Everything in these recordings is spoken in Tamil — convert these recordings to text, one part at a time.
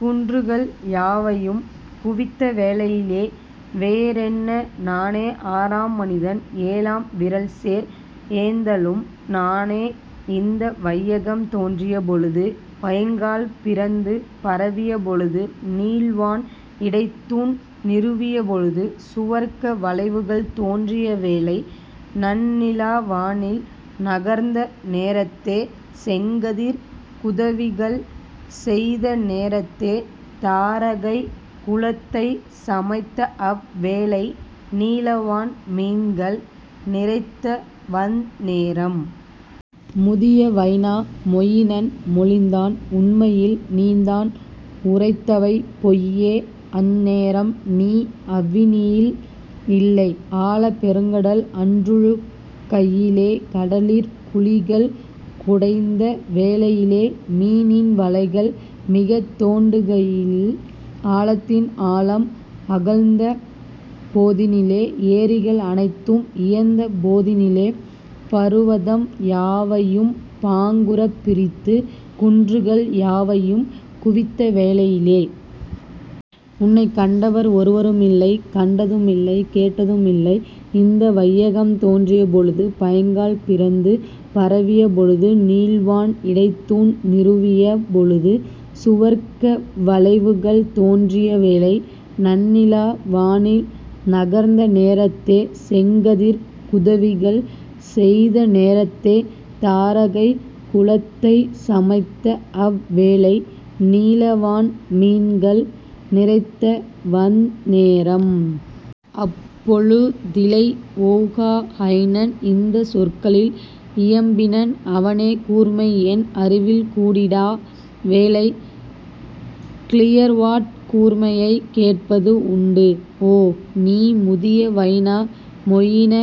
குன்றுகள் யாவையும் குவித்தவேளையிலே வேறென்ன நானே ஆறாம் மனிதன் ஏழாம் விறல்சேர் ஏந்தலும் நானே இந்த வையகம் தோன்றிய பொழுது பைங்கால் பிறந்து பரவிய பொழுது நீள்வான் இடைத்தூண் நிறுவிய பொழுது சுவர்க்க வளைவுகள் தோன்றிய வேளை நன்னிலா வானில் நகர்ந்தநேரத்தே செங்கதிர்க் குதவிகள் செய்தநேரத்தே தாரகைக் குலத்தைச் சமைத்தஅவ் வேளை நீலவான் மீன்கள் நிறைத்தவந் நேரம். முதிய வைனா மொயினன் மொழிந்தான் உண்மையில் நீதான் உரைத்தவை பொய்யே அந்நேரம்நீ அவனியில் இல்லை ஆழப் பெருங்கடல் அன்றுழு கையிலே கடலிற் குழிகள் குடைந்தவேளையிலே மீனின் வளைகள் மிகத்தோண்டுகையில் ஆழத்தின் ஆழம் அகழ்ந்தபொதினிலே ஏரிகள் அனைத்தும் இயைந்தபோதினிலே பருவதம் யாவையும் பாங்குறப் பிரித்து குன்றுகள் யாவையும் குவித்தவேளையிலே. உன்னைக் கண்டவர் ஒருவருமில்லை கண்டதுமில்லைக் கேட்டதுமில்லை இந்த வையகம் தோன்றிய பொழுது பைங்கால் பிறந்து பரவிய பொழுது நீள்வான் இடைத்தூண் நிறுவிய பொழுது சுவர்க்க வளைவுகள் தோன்றிய வேளை. நன்னிலா வானில் நகர்ந்தநேரத்தே செங்கதிர்க் குதவிகள் செய்தநேரத்தே தாரகைக் குலத்தைச் சமைத்தஅவ் வேளை நீலவான் மீன்கள் நிறைத்தவந் நேரம். அப்பொழு திளைய யொவுகா ஹைனன் இந்தச் சொற்களில் இயம்பினன் அவனே கூர்மைஎன் அறிவில் கூடிடா வேளை கிளர்வாட் கூர்மையைக் கேட்பது உண்டு ஓ, நீ முதிய வைனா மொயின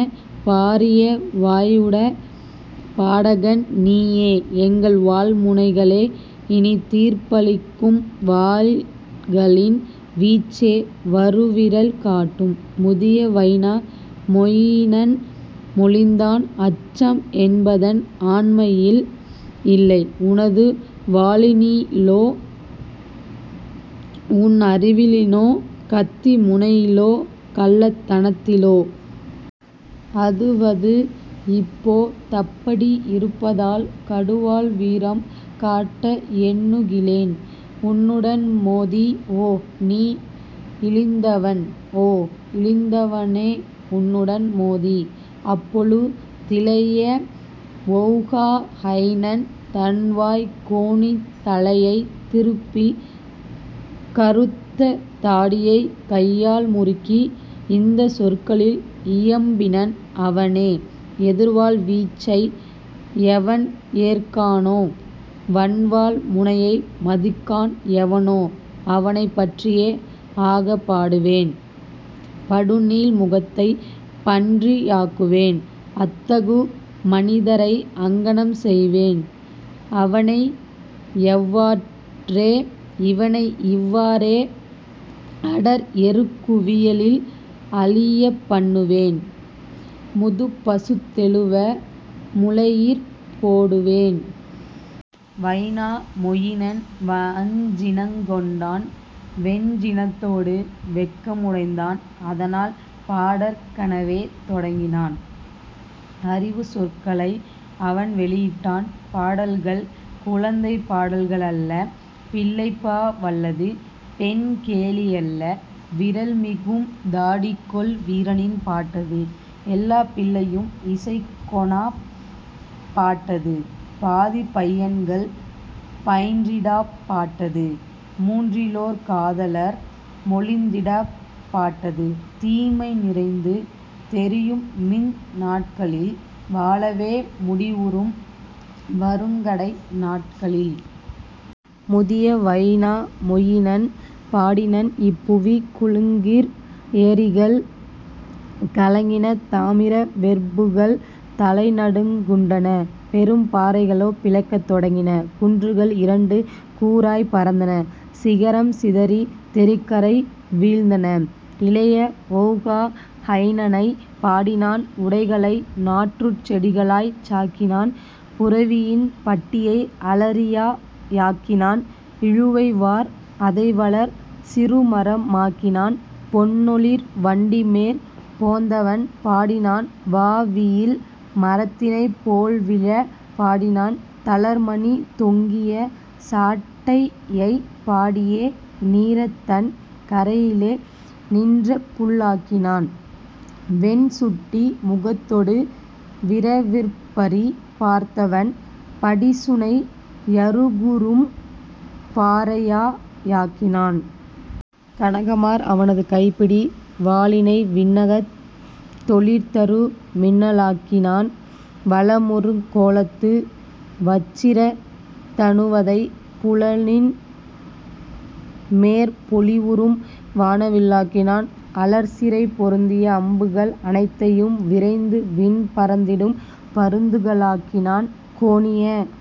பாரியவாயுடைப் பாடகன் நீயே எங்கள்வாள் முனைகளே இனித்தீர்ப்பளிக்கும் வாள்களின் வீச்சே வருவிறல் காட்டும். முதிய வைனா மொயினன் மொழிந்தான் அச்சம் என்பதென் ஆண்மையில் இல்லை உனதுவாளினிலோ உன்னறிவினிலோ கத்திமுனையிலோ கள்ளத்தனத்திலோ. அதுவது இப்போ தப்படி யிருப்பதால் கடுவாள் வீரம் காட்டஎண்ணுகிலேன் உன்னுடன் மோதி ஓ, நீ இழிந்தவன் ஓ, இழிந்தவனே உன்னுடன் மோதி. அப்பொழு திளைய யொவுகா ஹைனன் தன்வாய் கோணித் தலையைத் திருப்பி கறுத்தத் தாடியைக் கையால் முறுக்கி இந்தச் சொற்களில் இயம்பினன் அவனே எதிர்வாள் வீச்சை எவன்ஏற்கானோ வன்வாள் முனையை மதிக்கான் எவனோ அவனைப் பன்றியே ஆகப் பாடுவேன் படுநீள் முகத்துப் பன்றி யாக்குவேன் அத்தகு மனிதரை அங்ஙனம் செய்வேன் அவனையவ்வாறே இவனையிவ்வாறே அடர்எருக்குவியலில் அழியப் பண்ணுவேன் முதுப்பசுத்தொழுவ முலையிற் போடுவேன். வைனா மொயினன் வஞ்சினங் கொண்டான் வெஞ்சினத்தோடு வெட்கமுமடைந்தான் அதனால் பாடற் கவனே தொடங்கினன் அறிவுச் சொற்களை அவன்வெளியிட்டான் பாடல்கள் குழந்தைப் பாடல்களல்ல பிள்ளைப்பா வல்லது பெண்கேலியல்ல விறல்மிகும் தாடிகொள் வீரனின் பாட்டது எல்லாப் பிள்ளையும் இசைக்கொணாப் பாட்டது பாதிப் பையன்கள் பயின்றிடாப் பாட்டது மூன்றிலோர் காதலர் மொழிந்திடாப் பாட்டது தீமை நிறைந்து தெரியுமிந் நாட்களில் வாழ்வே முடிவுறும் வறுங்கடை நாட்களில். முதிய வைனா மொயினன் பாடினன் இப்புவி குலுங்கிற் ஏரிகள் கலங்கின தாமிர வெற்புகள் தலைநடுக்குண்டன பெரும்பாறைகளோ பிளக்கத் தொடங்கின குன்றுகள் இரண்டு கூறாய்ப் பறந்தன சிகரம் சிதறித் தெரிகரை வீழ்ந்தன. இளைய யொவுகா ஹைனனைப் பாடினான் உடைகளை நாற்றுச்செடிகளாய்ச்சாக்கினான் புரவியின் பட்டியை அலரியா யாக்கினான் இழுவைவார் அதைவளர் சிறுமரமாக்கினான் பொன்னொளிர் வண்டிமேற் போந்தவன் பாடினான் வாவியில் மரத்தினைப் போல்விழப் பாடினான் தளர்மணி தொங்கிய சாட்டையைப் பாடியே நீரதன் கரையிலே நின்றபுல்லாக்கினான் வெண்சுட்டி முகத்தொடு விறற்பரி பார்த்தவன் படிசுனை யருகுறும் பாறையா யாக்கினான். கனகமார் அவனது கைப்பிடி வாளினை விண்ணகத் தொளிர்தரு மின்னலா யாக்கினான் வளமுறுங் கோலத்து வச்சிர தனுவதை புனலின்மேற் பொலிவுறும் வானவில்லாக்கினான் அலர்சிறை பொருந்திய அம்புகள் அனைத்தையும் விரைந்துவிண் பறந்திடும் பருந்துகளாக்கினான் கோணிய